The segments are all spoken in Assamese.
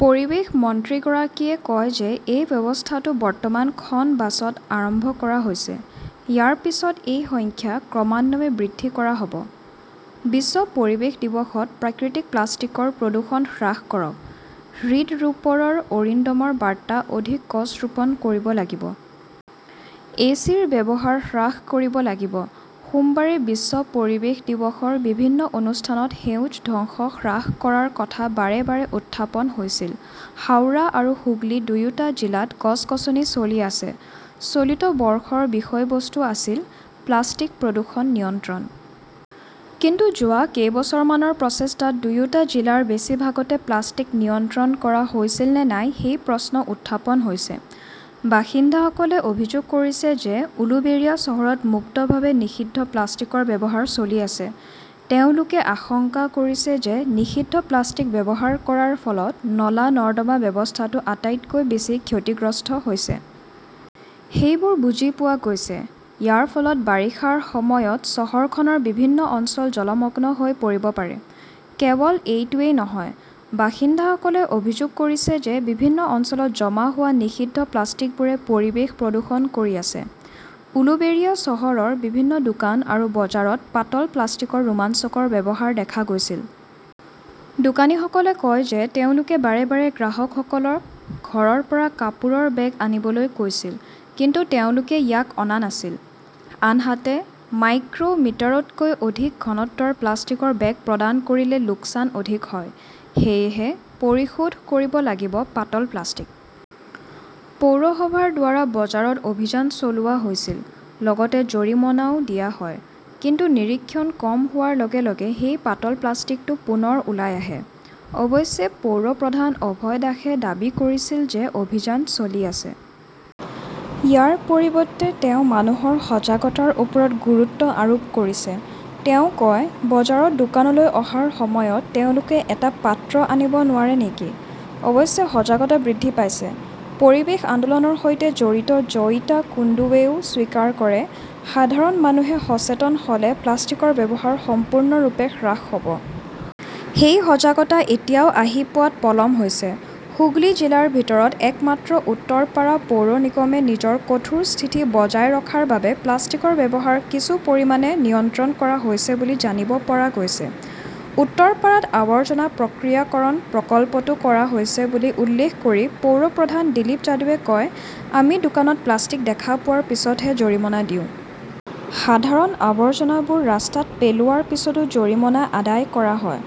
পৰিৱেশ মন্ত্ৰীগৰাকীয়ে কয় যে এই ব্যৱস্থাটো বৰ্তমান খন বাছত আৰম্ভ কৰা হৈছে। ইয়াৰ পিছত এই সংখ্যা ক্ৰমান্বয়ে বৃদ্ধি কৰা হ "ব। বিশ্ব পৰিৱেশ দিৱসত প্ৰাকৃতিক প্লাষ্টিকৰ প্ৰদূষণ হ্ৰাস কৰক, হৃদৰোপৰৰ অৰিণ্ডমৰ বাৰ্তা অধিক গছ ৰোপণ কৰিব লাগিব। এচিৰ ব্যৱহাৰ হ্ৰাস কৰিব লাগিব। সোমবাৰে বিশ্ব পৰিৱেশ দিৱসৰ বিভিন্ন অনুষ্ঠানত সেউজ ধ্বংস হ্ৰাস কৰাৰ কথা বাৰে বাৰে উত্থাপন হৈছিল। হাওৰা আৰু হুগলী দুয়োটা জিলাত গছ-গছনি চলি আছে। চলিত বৰ্ষৰ বিষয়বস্তু আছিল 'প্লাষ্টিক প্ৰদূষণ নিয়ন্ত্ৰণ "। কিন্তু যোৱা কেইবছৰমানৰ প্ৰচেষ্টাত দুয়োটা জিলাৰ বেছিভাগতে প্লাষ্টিক নিয়ন্ত্ৰণ কৰা হৈছিল নে নাই সেই প্ৰশ্ন উত্থাপন হৈছে। বাসিন্দাসকলে অভিযোগ কৰিছে যে উলুবেৰিয়া চহৰত মুক্তভাৱে নিষিদ্ধ প্লাষ্টিকৰ ব্যৱহাৰ চলি আছে। তেওঁলোকে আশংকা কৰিছে যে নিষিদ্ধ প্লাষ্টিক ব্যৱহাৰ কৰাৰ ফলত নলা-নৰ্দমা ব্যৱস্থাটো আটাইতকৈ বেছি ক্ষতিগ্ৰস্ত হৈছে। সেইবোৰ বুজি পোৱা গৈছে। ইয়াৰ ফলত বাৰিষাৰ সময়ত চহৰখনৰ বিভিন্ন অঞ্চল জলমগ্ন হৈ পৰিব পাৰে। কেৱল এইটোৱেই নহয়, বাসিন্দাসকলে অভিযোগ কৰিছে যে বিভিন্ন অঞ্চলত জমা হোৱা নিষিদ্ধ প্লাষ্টিকবোৰে পৰিৱেশ প্ৰদূষণ কৰি আছে। উলুবেৰিয়া চহৰৰ বিভিন্ন দোকান আৰু বজাৰত পাতল প্লাষ্টিকৰ ৰোমাঞ্চকৰ ব্যৱহাৰ দেখা গৈছিল। দোকানীসকলে কয় যে তেওঁলোকে বাৰে বাৰে গ্ৰাহকসকলক ঘৰৰ পৰা কাপোৰৰ বেগ আনিবলৈ কৈছিল। কিন্তু তেওঁলোকে ইয়াক অনা নাছিল। আনহাতে, মাইক্ৰ "মিটাৰতকৈ অধিক ঘনত্বৰ প্লাষ্টিকৰ বেগ প্ৰদান কৰিলে লোকচান অধিক হয়। সেয়েহে পৰিশোধ কৰিব লাগিব পাতল প্লাষ্টিক। পৌৰসভাৰ দ্বাৰা বজাৰত অভিযান চলোৱা হৈছিল। লগতে জৰিমনাও দিয়া হয়। কিন্তু নিৰীক্ষণ কম হোৱাৰ লগে লগে সেই পাতল প্লাষ্টিকটো পুনৰ ওলাই আহে। অৱশ্যে পৌৰ প্ৰধান অভয় দাসে দাবী কৰিছিল যে অভিযান চলি আছে। ইয়াৰ পৰিৱৰ্তে তেওঁ মানুহৰ সজাগতাৰ ওপৰত গুৰুত্ব আৰোপ কৰিছে। তেওঁ কয়, "বজাৰত দোকানলৈ অহাৰ সময়ত তেওঁলোকে এটা পাত্ৰ আনিব নোৱাৰে নেকি? অৱশ্যে সজাগতা বৃদ্ধি পাইছে। "পৰিৱেশ আন্দোলনৰ সৈতে জড়িত জয়িতা কুন্দুৱেও স্বীকাৰ কৰে", সাধাৰণ মানুহে সচেতন হ "লে প্লাষ্টিকৰ ব্যৱহাৰ সম্পূৰ্ণৰূপে হ্ৰাস হ" ব। সেই সজাগতা এতিয়াও আহি পোৱাত পলম হৈছে। "হুগলী জিলাৰ ভিতৰত একমাত্ৰ উত্তৰপাৰা পৌৰ নিগমে নিজৰ কঠোৰ স্থিতি বজাই ৰখাৰ বাবে প্লাষ্টিকৰ ব্যৱহাৰ কিছু পৰিমাণে নিয়ন্ত্ৰণ কৰা হৈছে বুলি জানিব পৰা গৈছে। উত্তৰপাৰাত আৱৰ্জনা প্ৰক্ৰিয়াকৰণ প্ৰকল্পটো কৰা হৈছে বুলি উল্লেখ কৰি পৌৰ প্ৰধান দিলীপ যাদৱে কয়, "আমি দোকানত প্লাষ্টিক দেখা পোৱাৰ পিছতহে জৰিমনা দিওঁ। সাধাৰণ আৱৰ্জনাবোৰ ৰাস্তাত পেলোৱাৰ পিছতো জৰিমনা আদায় কৰা হয়।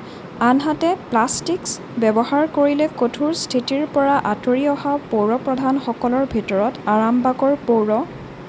"আনহাতে, প্লাষ্টিক্স ব্যৱহাৰ কৰিলে কঠোৰ স্থিতিৰ পৰা আঁতৰি অহা পৌৰ প্ৰধানসকলৰ ভিতৰত আৰামবাগৰ পৌৰ